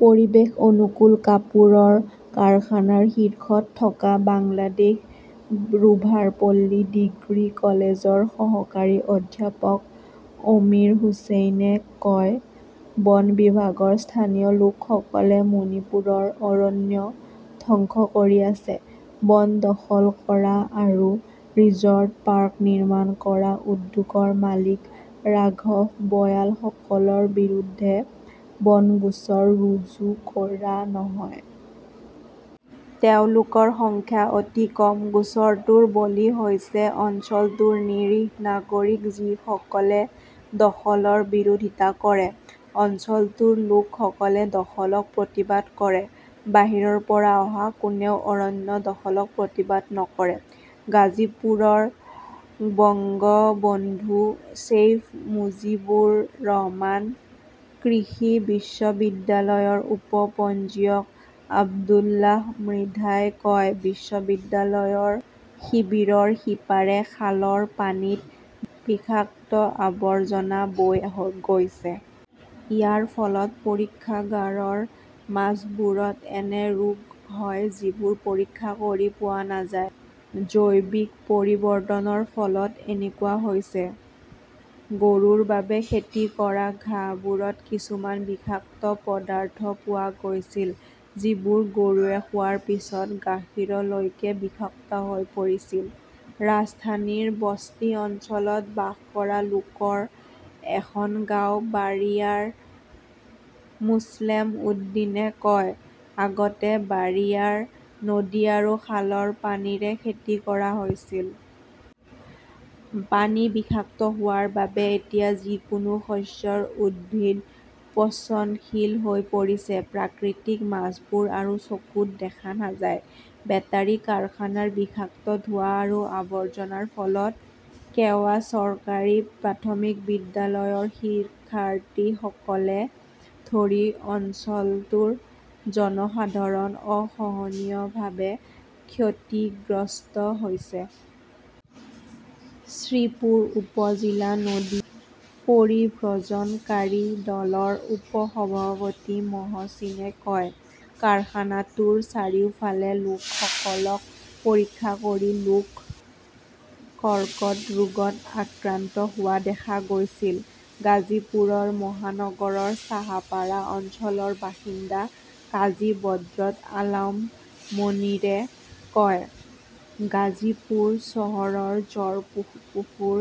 পৰিৱেশ অনুকূল কাপোৰৰ কাৰখানাৰ শীৰ্ষত থকা বাংলাদেশ ৰোভাৰপল্লী ডিগ্ৰী কলেজৰ সহকাৰী অধ্যাপক আমিৰ হুচেইনে কয় বন বিভাগৰ স্থানীয় লোকসকলে মণিপুৰৰ অৰণ্য ধ্বংস কৰি আছে। বন দখল কৰা আৰু ৰিজৰ্ট পাৰ্ক নিৰ্মাণ কৰা উদ্যোগৰ মালিক ৰাঘব বয়ালসকলৰ বিৰুদ্ধে বন গোচৰ ৰুজু কৰা নহয়। তেওঁলোকৰ সংখ্যা অতি কম। গোচৰটোৰ বলি হৈছে অঞ্চলটোৰ নিৰীহ নাগৰিক যিসকলে দখলৰ বিৰোধিতা কৰে। অঞ্চলটোৰ লোকসকলে দখলক প্ৰতিবাদ কৰে, বাহিৰৰ পৰা অহা কোনেও অৰণ্য দখলক প্ৰতিবাদ নকৰে। গাজীপুৰৰ বঙ্গবন্ধু শ্বেইখ মুজিবুৰ ৰহমান কৃষি বিশ্ববিদ্যালয়ৰ উপ-পঞ্জীয়ক আব্দুল্লাহ মৃধাই কয়, বিশ্ববিদ্যালয়ৰ শিবিৰৰ সিপাৰে খালৰ পানীত বিষাক্ত আৱৰ্জনা বৈ গৈছে। ইয়াৰ ফলত পৰীক্ষাগাৰৰ মাছবোৰত এনে ৰোগ হয় যিবোৰ পৰীক্ষা কৰি পোৱা নাযায়। জৈৱিক পৰিৱৰ্তনৰ ফলত এনেকুৱা হৈছে। গৰুৰ বাবে খেতি কৰা ঘাঁহবোৰত কিছুমান বিষাক্ত পদাৰ্থ পোৱা গৈছিল যিবোৰ গৰুৱে খোৱাৰ পিছত গাখীৰলৈকে বিষাক্ত হৈ পৰিছিল, ৰাজধানীৰ বস্তি অঞ্চলত বাস কৰা লোকৰ এখন গাঁও বাৰিয়াৰ মোছলেম উদ্দীনে কয়, আগতে বাৰিয়াৰ নদী আৰু খালৰ পানীৰে খেতি কৰা হৈছিল। পানী বিষাক্ত হোৱাৰ বাবে এতিয়া যিকোনো শস্যৰ উদ্ভিদ পচনশীল হৈ পৰিছে। প্ৰাকৃতিক মাছবোৰ আৰু চকুত দেখা নাযায়। বেটাৰী কাৰখানাৰ বিষাক্ত ধোৱা আৰু আৱৰ্জনাৰ ফলত কেৱা চৰকাৰী প্ৰাথমিক বিদ্যালয়ৰ শিক্ষাৰ্থীসকলকে ধৰি অঞ্চলটোৰ জনসাধাৰণ অসহনীয়ভাৱে ক্ষতিগ্ৰস্ত হৈছে। শ্ৰীপুৰ উপ-জিলা নদী পৰিভ্ৰজনকাৰী দলৰ উপ-সভাপতি মহচিনে কয়, কাৰখানাটোৰ চাৰিওফালৰ লোকসকলক পৰীক্ষা কৰি লোক কৰ্কট ৰোগত আক্ৰান্ত হোৱা দেখা গৈছিল। গাজীপুৰ মহানগৰৰ চাহাপাৰা অঞ্চলৰ বাসিন্দা কাজি বদ্ৰত আলম মনিৰে কয়, গাজীপুৰ চহৰৰ জৰপুখুৰ,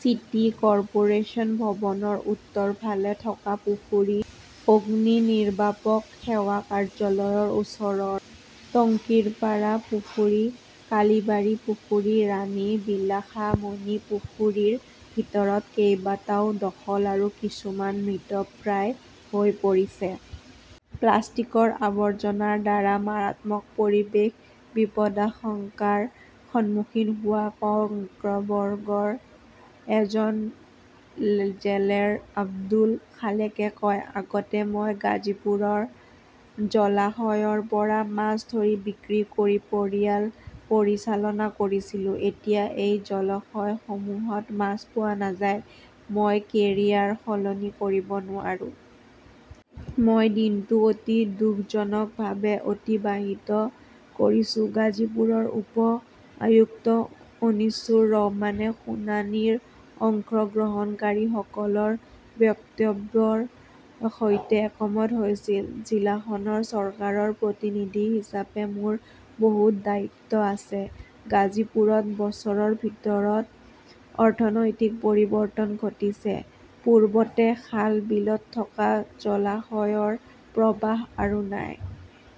চিটি কৰ্পোৰেচন ভৱনৰ উত্তৰ ফালে থকা পুখুৰী, অগ্নিনিৰ্বাপক সেৱা কাৰ্যালয়ৰ ওচৰৰ টঙ্কিৰপাৰা পুখুৰী, কালিবাৰী পুখুৰী, ৰাণী বিলাসামণি পুখুৰীৰ ভিতৰত কেইবাটাও দখল আৰু কিছুমান মৃতপ্ৰায় হৈ পৰিছে। প্লাষ্টিকৰ আৱৰ্জনাৰ দ্বাৰা মাৰাত্মক পৰিৱেশ বিপদাশংকাৰ সন্মুখীন হোৱা কক্সবৰ্গৰ এজন জেলেৰ আব্দুল খালেকে কয়, আগতে মই গাজীপুৰৰ জলাশয়ৰ পৰা মাছ ধৰি বিক্ৰী কৰি পৰিয়াল পৰিচালনা কৰিছিলোঁ। এতিয়া এই জলাশয়সমূহত মাছ পোৱা নাযায়। মই কেৰিয়াৰ সলনি কৰিব নোৱাৰো। মই দিনটো অতি দুখজনকভাৱে অতিবাহিত কৰিছোঁ ।গাজীপুৰৰ উপ-আয়ুক্ত অনিছুৰ ৰহমানে শুনানিৰ অংশগ্ৰহণকাৰীসকলৰ বক্তব্যৰ সৈতে একমত হৈছিল। জিলাখনৰ চৰকাৰৰ প্ৰতিনিধি হিচাপে মোৰ বহুত দায়িত্ব আছে। গাজীপুৰত বছৰৰ ভিতৰত অৰ্থনৈতিক পৰিৱৰ্তন ঘটিছে। পূৰ্বতে খাল- বিলত থকা জলাশয়ৰ প্ৰবাহ আৰু নাই।